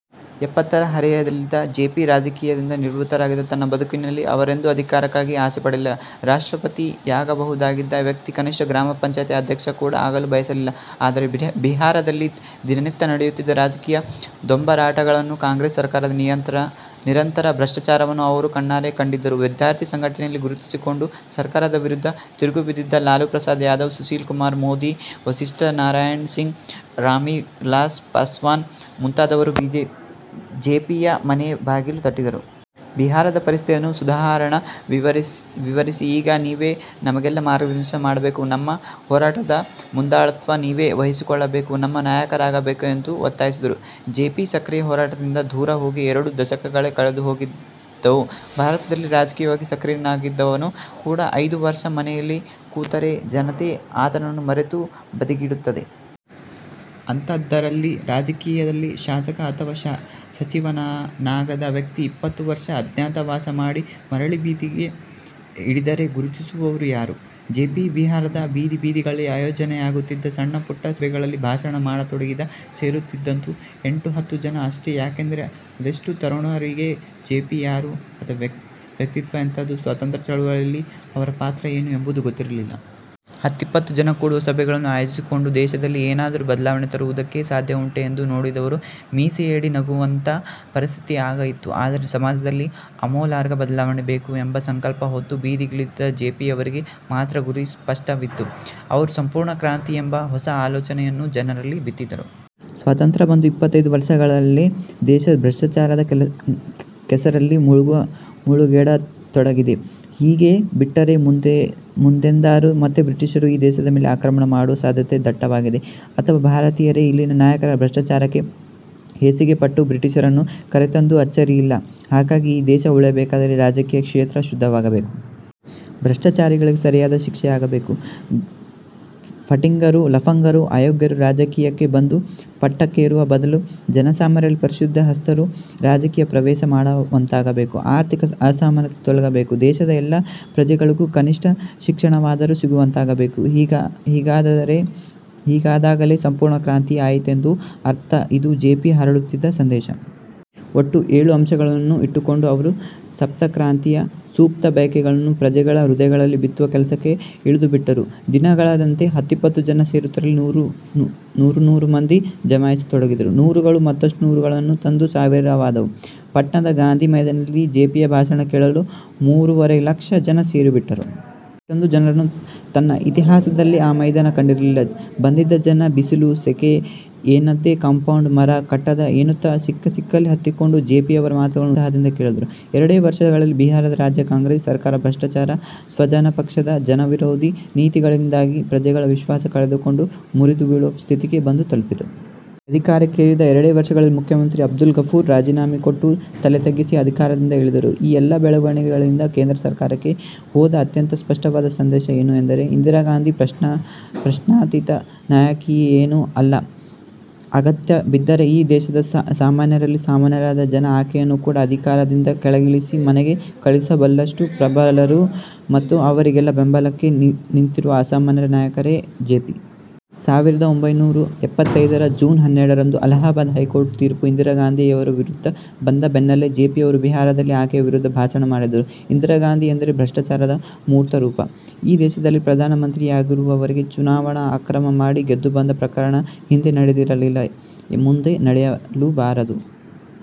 ಎಪ್ಪತ್ತರ ಹರೆಯದಲ್ಲಿದ್ದ ಜೆಪಿ, ರಾಜಕೀಯದಿಂದ ನಿವೃತ್ತರಾಗಿದ್ದರು. ತನ್ನ ಬದುಕಿನಲ್ಲಿ ಅವರೆಂದೂ ಅಧಿಕಾರಕ್ಕಾಗಿ ಆಸೆಪಡಲಿಲ್ಲ. ರಾಷ್ಟ್ರಪತಿಯಾಗಬಹುದಾಗಿದ್ದ ವ್ಯಕ್ತಿ ಕನಿಷ್ಠ ಗ್ರಾಮ ಪಂಚಾಯತಿಯ ಅಧ್ಯಕ್ಷ ಕೂಡ ಆಗಲು ಬಯಸಲಿಲ್ಲ. ಆದರೆ, ಬಿಹಾರದಲ್ಲಿ ದಿನನಿತ್ಯ ನಡೆಯುತ್ತಿದ್ದ ರಾಜಕೀಯ ದೊಂಬರಾಟಗಳನ್ನೂ, ಕಾಂಗ್ರೆಸ್ ಸರಕಾರದ ನಿರಂತರ ಭ್ರಷ್ಟಾಚಾರವನ್ನೂ ಅವರು ಕಣ್ಣಾರೆ ಕಂಡಿದ್ದರು. ವಿದ್ಯಾರ್ಥಿ ಸಂಘಟನೆಯಲ್ಲಿ ಗುರುತಿಸಿಕೊಂಡು ಸರಕಾರದ ವಿರುದ್ಧ ತಿರುಗಿಬಿದ್ದಿದ್ದ ಲಾಲೂ ಪ್ರಸಾದ್ ಯಾದವ್, ಸುಶೀಲ್ ಕುಮಾರ್ ಮೋದಿ, ವಸಿಷ್ಠ ನಾರಾಯಣ ಸಿಂಗ್, ರಾಮ್ವಿಲಾಸ್ ಪಾಸ್ವಾನ್ ಮುಂತಾದವರು ಜೆಪಿಯ ಮನೆಬಾಗಿಲು ತಟ್ಟಿದರು. ಬಿಹಾರದ ಪರಿಸ್ಥಿತಿಯನ್ನು ಸೋದಾಹರಣ ವಿವರಿಸಿ, ಈಗ ನೀವೇ ನಮಗೆಲ್ಲ ಮಾರ್ಗದರ್ಶನ ಮಾಡಬೇಕು. ನಮ್ಮ ಹೋರಾಟದ ಮುಂದಾಳುತ್ವ ನೀವೇ ವಹಿಸಿಕೊಳ್ಳಬೇಕು. ನಮ್ಮ ನಾಯಕರಾಗಬೇಕು ಎಂದು ಒತ್ತಾಯಿಸಿದರು. ಜೆಪಿ, ಸಕ್ರಿಯ ಹೋರಾಟದಿಂದ ದೂರ ಹೋಗಿ ಎರಡು ದಶಕಗಳೇ ಕಳೆದುಹೋಗಿದ್ದವು. ಭಾರತದಲ್ಲಿ ರಾಜಕೀಯವಾಗಿ ಸಕ್ರಿಯನಾಗಿದ್ದವನು ಕೂಡ ಐದು ವರ್ಷ ಮನೆಯಲ್ಲಿ ಕೂತರೆ ಜನತೆ ಆತನನ್ನು ಮರೆತು ಬದಿಗಿಡುತ್ತದೆ. ಅಂಥಾದ್ದರಲ್ಲಿ ರಾಜಕೀಯದಲ್ಲಿ ಶಾಸಕ ಅಥವಾ ಸಚಿವನಾಗದ ವ್ಯಕ್ತಿ ಇಪ್ಪತ್ತು ವರ್ಷ ಅಜ್ಞಾತವಾಸ ಮಾಡಿ ಮರಳಿ ಬೀದಿಗೆ ಇಳಿದರೆ ಗುರುತಿಸುವವರು ಯಾರು? ಜೆಪಿ ಬಿಹಾರದ ಬೀದಿ ಬೀದಿಗಳಲ್ಲಿ ಆಯೋಜನೆಯಾಗುತ್ತಿದ್ದ ಸಣ್ಣಪುಟ್ಟ ಸಭೆಗಳಲ್ಲಿ ಭಾಷಣ ಮಾಡತೊಡಗಿದಾಗ ಸೇರುತ್ತಿದ್ದದ್ದು ಎಂಟೋ ಹತ್ತೋ ಜನ ಅಷ್ಟೆ. ಯಾಕೆಂದರೆ ಅದೆಷ್ಟೋ ತರುಣರಿಗೆ ಜೆಪಿ ಯಾರು, ಅವರ ವ್ಯಕ್ತಿತ್ವ ಎಂಥಾದ್ದು, ಸ್ವಾತಂತ್ರ್ಯ ಚಳವಳಿಯಲ್ಲಿ ಅವರ ಪಾತ್ರ ಏನು ಎಂಬುದೇ ಗೊತ್ತಿರಲಿಲ್ಲ. ಹತ್ತಿಪ್ಪತ್ತು ಜನ ಕೂಡುವ ಸಭೆಗಳನ್ನು ಆಯೋಜಿಸಿಕೊಂಡು ದೇಶದಲ್ಲಿ ಏನಾದರೂ ಬದಲಾವಣೆ ತರುವುದಕ್ಕೆ ಸಾಧ್ಯವುಂಟೇ ಎಂದು, ನೋಡಿದವರು ಮೀಸೆಯಡಿ ನಗುವಂಥ ಪರಿಸ್ಥಿತಿ ಆಗ ಇತ್ತು. ಆದರೆ, ಸಮಾಜದಲ್ಲಿ ಆಮೂಲಾಗ್ರ ಬದಲಾವಣೆ ಬೇಕು ಎಂಬ ಸಂಕಲ್ಪ ಹೊತ್ತು ಬೀದಿಗಿಳಿದಿದ್ದ ಜೆಪಿಯವರಿಗೆ ಮಾತ್ರ ಗುರಿ ಸ್ಪಷ್ಟವಿತ್ತು. ಅವರು ಸಂಪೂರ್ಣ ಕ್ರಾಂತಿ ಎಂಬ ಹೊಸ ಆಲೋಚನೆಯನ್ನು ಜನರಲ್ಲಿ ಬಿತ್ತಿದರು. ಸ್ವಾತಂತ್ರ್ಯ ಬಂದು ಇಪ್ಪತ್ತೈದು ವರ್ಷಗಳಲ್ಲೇ ದೇಶ ಭ್ರಷ್ಟಾಚಾರದ ಕೆಸರಲ್ಲಿ ಮುಳುಗೇಳತೊಡಗಿದೆ. ಹೀಗೇ ಬಿಟ್ಟರೆ ಮುಂದೆಂದಾದರೂ ಮತ್ತೆ ಬ್ರಿಟಿಷರು ಈ ದೇಶದ ಮೇಲೆ ಆಕ್ರಮಣ ಮಾಡುವ ಸಾಧ್ಯತೆ ದಟ್ಟವಾಗಿದೆ. ಅಥವಾ ಭಾರತೀಯರೇ ಇಲ್ಲಿನ ನಾಯಕರ ಭ್ರಷ್ಟಾಚಾರಕ್ಕೆ ಹೇಸಿಗೆಪಟ್ಟು ಬ್ರಿಟಿಷರನ್ನು ಕರೆತಂದರೂ ಅಚ್ಚರಿಯಿಲ್ಲ. ಹಾಗಾಗಿ ಈ ದೇಶ ಉಳಿಯಬೇಕಾದರೆ ರಾಜಕೀಯ ಕ್ಷೇತ್ರ ಶುದ್ಧವಾಗಬೇಕು. ಭ್ರಷ್ಟಾಚಾರಿಗಳಿಗೆ ಸರಿಯಾದ ಶಿಕ್ಷೆಯಾಗಬೇಕು. ಫಟಿಂಗರು, ಲಫಂಗರು, ಅಯೋಗ್ಯರು ರಾಜಕೀಯಕ್ಕೆ ಬಂದು ಪಟ್ಟಕ್ಕೇರುವ ಬದಲು ಜನಸಾಮಾನ್ಯರಲ್ಲಿ ಪರಿಶುದ್ಧ ಹಸ್ತರು ರಾಜಕೀಯ ಪ್ರವೇಶ ಮಾಡುವಂತಾಗಬೇಕು. ಆರ್ಥಿಕ ಅಸಮಾನತೆ ತೊಲಗಬೇಕು. ದೇಶದ ಎಲ್ಲ ಪ್ರಜೆಗಳಿಗೂ ಕನಿಷ್ಠ ಶಿಕ್ಷಣವಾದರೂ ಸಿಗುವಂತಾಗಬೇಕು. ಹೀಗಾದಾಗಲೇ ಸಂಪೂರ್ಣ ಕ್ರಾಂತಿ ಆಯಿತೆಂದು ಅರ್ಥ. ಇದು ಜೆಪಿ ಹರಡುತ್ತಿದ್ದ ಸಂದೇಶ. ಒಟ್ಟು ಏಳು ಅಂಶಗಳನ್ನು ಇಟ್ಟುಕೊಂಡು ಅವರು ಸಪ್ತಕ್ರಾಂತಿಯ ಸುಪ್ತ ಬಯಕೆಯನ್ನು ಪ್ರಜೆಗಳ ಹೃದಯಗಳಲ್ಲಿ ಬಿತ್ತುವ ಕೆಲಸಕ್ಕೆ ಇಳಿದುಬಿಟ್ಟರು. ದಿನಗಳೆದಂತೆ, ಹತ್ತಿಪ್ಪತ್ತು ಜನ ಸೇರುತ್ತಿದ್ದಲ್ಲಿ ನೂರಿನ್ನೂರು ಮಂದಿ ಜಮಾಯಿಸತೊಡಗಿದರು. ನೂರುಗಳು ಮತ್ತಷ್ಟು ನೂರುಗಳನ್ನು ತಂದು ಸಾವಿರವಾದವು. ಪಾಟ್ನಾದ ಗಾಂಧಿ ಮೈದಾನದಲ್ಲಿ ಜೆಪಿಯ ಭಾಷಣ ಕೇಳಲು ಮೂರೂವರೆ ಲಕ್ಷ ಜನ ಸೇರಿಬಿಟ್ಟರು. ಅಷ್ಟೊಂದು ಜನರನ್ನು ತನ್ನ ಇತಿಹಾಸದಲ್ಲೇ ಆ ಮೈದಾನ ಕಂಡಿರಲಿಲ್ಲ. ಬಂದಿದ್ದ ಜನ ಬಿಸಿಲು, ಸೆಖೆ ಎನ್ನದೆ ಕಂಪೌಂಡು, ಮರ, ಕಟ್ಟಡ ಎನ್ನುತ್ತ ಸಿಕ್ಕಸಿಕ್ಕಲ್ಲಿ ಹತ್ತಿಕೂತು ಜೆಪಿಯವರ ಮಾತುಗಳನ್ನು ಉತ್ಸಾಹದಿಂದ ಕೇಳಿದರು. ಎರಡೇ ವರ್ಷಗಳಲ್ಲಿ ಬಿಹಾರದ ರಾಜ್ಯ ಕಾಂಗ್ರೆಸ್ ಸರಕಾರ ಭ್ರಷ್ಟಾಚಾರ, ಸ್ವಜನಪಕ್ಷಪಾತ, ಜನವಿರೋಧಿ ನೀತಿಗಳಿಂದಾಗಿ ಪ್ರಜೆಗಳ ವಿಶ್ವಾಸ ಕಳೆದುಕೊಂಡು ಮುರಿದುಬೀಳುವ ಸ್ಥಿತಿಗೆ ಬಂದು ತಲುಪಿತು. ಅಧಿಕಾರಕ್ಕೇರಿದ ಎರಡೇ ವರ್ಷಗಳಲ್ಲಿ ಮುಖ್ಯಮಂತ್ರಿ ಅಬ್ದುಲ್ ಗಫೂರ್ ರಾಜೀನಾಮೆ ಕೊಟ್ಟು ತಲೆತಗ್ಗಿಸಿ ಅಧಿಕಾರದಿಂದ ಇಳಿದರು. ಈ ಎಲ್ಲ ಬೆಳವಣಿಗೆಗಳಿಂದ ಕೇಂದ್ರ ಸರ್ಕಾರಕ್ಕೆ ಹೋದ ಅತ್ಯಂತ ಸ್ಪಷ್ಟವಾದ ಸಂದೇಶ ಏನು ಎಂದರೆ, ಇಂದಿರಾಗಾಂಧಿ ಪ್ರಶ್ನಾತೀತ ನಾಯಕಿಯೇನೂ ಅಲ್ಲ, ಅಗತ್ಯ ಬಿದ್ದರೆ ಈ ದೇಶದ ಸಾಮಾನ್ಯರಲ್ಲಿ ಸಾಮಾನ್ಯರಾದ ಜನ ಆಕೆಯನ್ನು ಕೂಡ ಅಧಿಕಾರದಿಂದ ಕೆಳಗಿಳಿಸಿ ಮನೆಗೆ ಕಳಿಸಬಲ್ಲಷ್ಟು ಪ್ರಬಲರು ಮತ್ತು ಅವರಿಗೆಲ್ಲ ಬೆಂಬಲಕ್ಕೆ ನಿಂತಿರುವ ಅಸಾಮಾನ್ಯ ನಾಯಕರೇ ಜೆಪಿ. ಸಾವಿರದ ಒಂಬೈನೂರಾ ಎಪ್ಪತ್ತೈದರ ಜೂನ್ ಹನ್ನೆರಡರಂದು ಅಲಹಾಬಾದ್ ಹೈಕೋರ್ಟ್ ತೀರ್ಪು ಇಂದಿರಾಗಾಂಧಿಯವರ ವಿರುದ್ಧ ಬಂದ ಬೆನ್ನಲ್ಲೇ ಜೆಪಿಯವರು ಬಿಹಾರದಲ್ಲಿ ಆಕೆಯ ವಿರುದ್ಧ ಭಾಷಣ ಮಾಡಿದರು. ಇಂದಿರಾಗಾಂಧಿ ಎಂದರೆ ಭ್ರಷ್ಟಾಚಾರದ ಮೂರ್ತರೂಪ. ಈ ದೇಶದಲ್ಲಿ ಪ್ರಧಾನಮಂತ್ರಿಯಾಗಿರುವವರೇ ಚುನಾವಣಾ ಅಕ್ರಮ ಮಾಡಿ ಗೆದ್ದುಬಂದ ಪ್ರಕರಣ ಹಿಂದೆ ನಡೆದಿರಲಿಲ್ಲ, ಮುಂದೆ ನಡೆಯಲೂಬಾರದು.